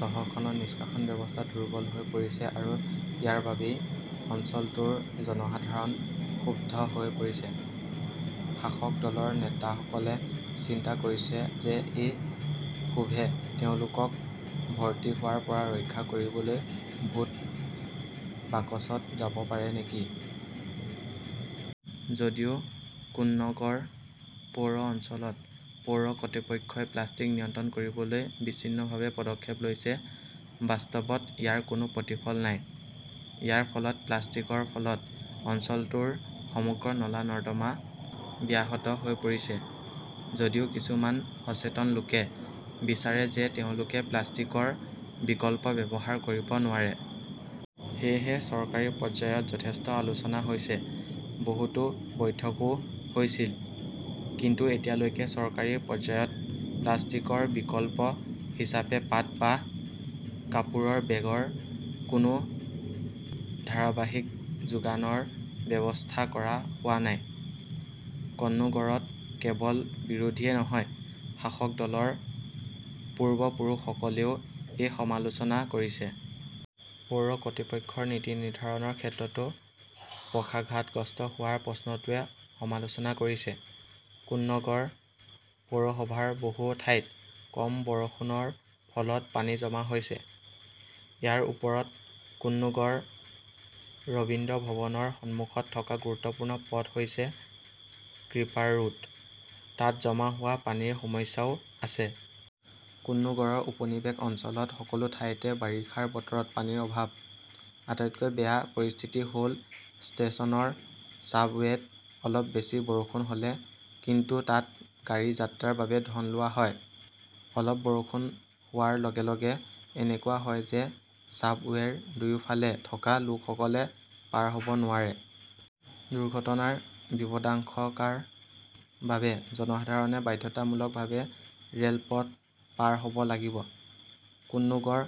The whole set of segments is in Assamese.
চহৰখনৰ নিষ্কাশন ব্যৱস্থা দুৰ্বল হৈ পৰিছে আৰু ইয়াৰ বাবেই অঞ্চলটোৰ জনসাধাৰণ ক্ষুব্ধ হৈ পৰিছে। শাসক দলৰ নেতাসকলে চিন্তা কৰিছে যে এই ক্ষোভে তেওঁলোকক ভৰ্তি হোৱাৰ পৰা ৰক্ষা কৰিবলৈ ভোট বাকচত যাব পাৰে নেকি? যদিও কোন্নগৰ পৌৰ অঞ্চলত পৌৰ কৰ্তৃপক্ষই প্লাষ্টিক নিয়ন্ত্ৰণ কৰিবলৈ বিচ্ছিন্নভাৱে পদক্ষেপ লৈছে, বাস্তৱত ইয়াৰ কোনো প্ৰতিফলন নাই। ইয়াৰ ফলত প্লাষ্টিকৰ ফলত অঞ্চলটোৰ সমগ্ৰ নলা-নৰ্দমা ব্যাহত হৈ পৰিছে। যদিও কিছুমান সচেতন লোকে বিচাৰে যে তেওঁলোকে প্লাষ্টিকৰ বিকল্প ব্যৱহাৰ কৰিব নোৱাৰে। সেয়েহে চৰকাৰী পৰ্যায়ত যথেষ্ট আলোচনা হৈছে। বহুতো বৈঠকও হৈছিল। কিন্তু এতিয়ালৈকে চৰকাৰী পৰ্যায়ত প্লাষ্টিকৰ বিকল্প হিচাপে পাট বা কাপোৰৰ বেগৰ কোনো ধাৰাবাহিক যোগানৰ ব্যৱস্থা কৰা হোৱা নাই। কোন্নগৰত কেৱল বিৰোধীয়ে নহয়, শাসক দলৰ পূৰ্বপুৰুষসকলেও এই সমালোচনা কৰিছে। পৌৰ কৰ্তৃপক্ষৰ নীতি নিৰ্ধাৰণৰ ক্ষেত্ৰতো পক্ষাঘাতগ্ৰস্ত হোৱাৰ প্ৰশ্নটোৱে সমালোচনা কৰিছে। কোন্নগৰ পৌৰসভাৰ বহু ঠাইত কম বৰষুণৰ ফলত পানী জমা হৈছে। ইয়াৰ ওপৰত কোন্নগৰ ৰবীন্দ্ৰভবনৰ সন্মুখত থকা গুৰুত্বপূৰ্ণ পথ হৈছে ক্ৰিপাৰ ৰোড। তাত জমা হোৱা পানীৰ সমস্যাও আছে। কোন্নগৰৰ উপনিবেশ অঞ্চল ত সকলো ঠাইতে বাৰিষাৰ বতৰত পানীৰ অভাৱ। আটাইতকৈ বেয়া পৰিস্থিতি হ'ল ষ্টেচনৰ ছাবৱেত অলপ বেছি বৰষুণ হ'লে, কিন্তু তাত গাড়ী যাত্ৰাৰ বাবে ধন লোৱা হয়। অলপ বৰষুণ হোৱাৰ লগে -লগে এনেকুৱা হয় যে চাবৱেৰ দুয়োফালে থকা লোকসকলে পাৰ হ'ব নোৱাৰে। দুৰ্ঘটনাৰ বিপদাশংকাৰ বাবে জনসাধাৰণে বাধ্যতামূলকভাৱে ৰে'লপথ পাৰ হ'ব লাগিব। কোন্নগৰ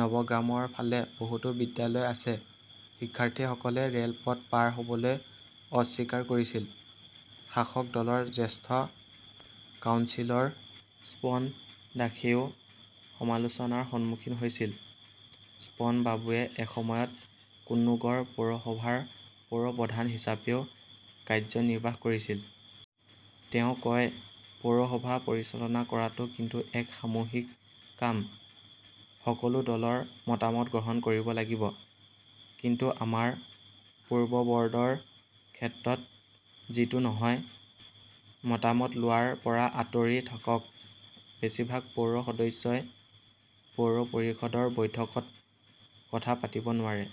নৱগ্ৰামৰ ফালে বহুতো বিদ্যালয় আছে। শিক্ষাৰ্থীসকলে ৰে'লপথ পাৰ হ'বলৈ অস্বীকাৰ কৰিছিল। শাসক দলৰ জ্যেষ্ঠ কাউন্সিলৰ স্বপন দাসেও সমালোচনাৰ সন্মুখীন হৈছিল। স্বপনবাবুৱে এসময়ত কোন্নগৰ পৌৰসভাৰ পৌৰ প্ৰধান হিচাপেও কাৰ্যনিৰ্বাহ কৰিছিল। তেওঁ কয়, পৌৰসভা পৰিচালনা কৰাটো কিন্তু এক সামূহিক কাম, সকলো দলৰ মতামত গ্ৰহণ কৰিব লাগিব। কিন্তু আমাৰ পূৰ্ববৰ্ডৰ ক্ষেত্ৰত যিটো নহয়। মতামত লোৱাৰ পৰা আঁতৰি থাকক বেছিভাগ পৌৰ সদস্যই পৌৰ পৰিষদৰ বৈঠকত কথা পাতিব নোৱাৰে।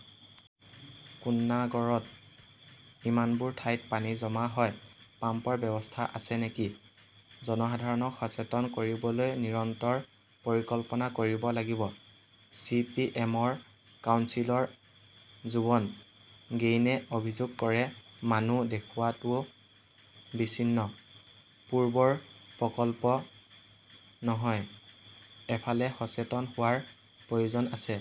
কুন্নাগৰত ইমানবোৰ ঠাইত পানী জমা হয় পাম্পৰ ব্যৱস্থা আছে নেকি? জনসাধাৰণক সচেতন কৰিবলৈ নিৰন্তৰ পৰিকল্পনা কৰিব লাগিব। চি. পি. এম. -ৰ কাউন্সিলৰ যুৱন গেইনে অভিযোগ কৰে মানুহ দেখুওৱাটো বিচ্ছিন্ন পূৰ্বৰ প্ৰকল্প নহয়, এফালে সচেতন হোৱাৰ প্ৰয়োজন আছে।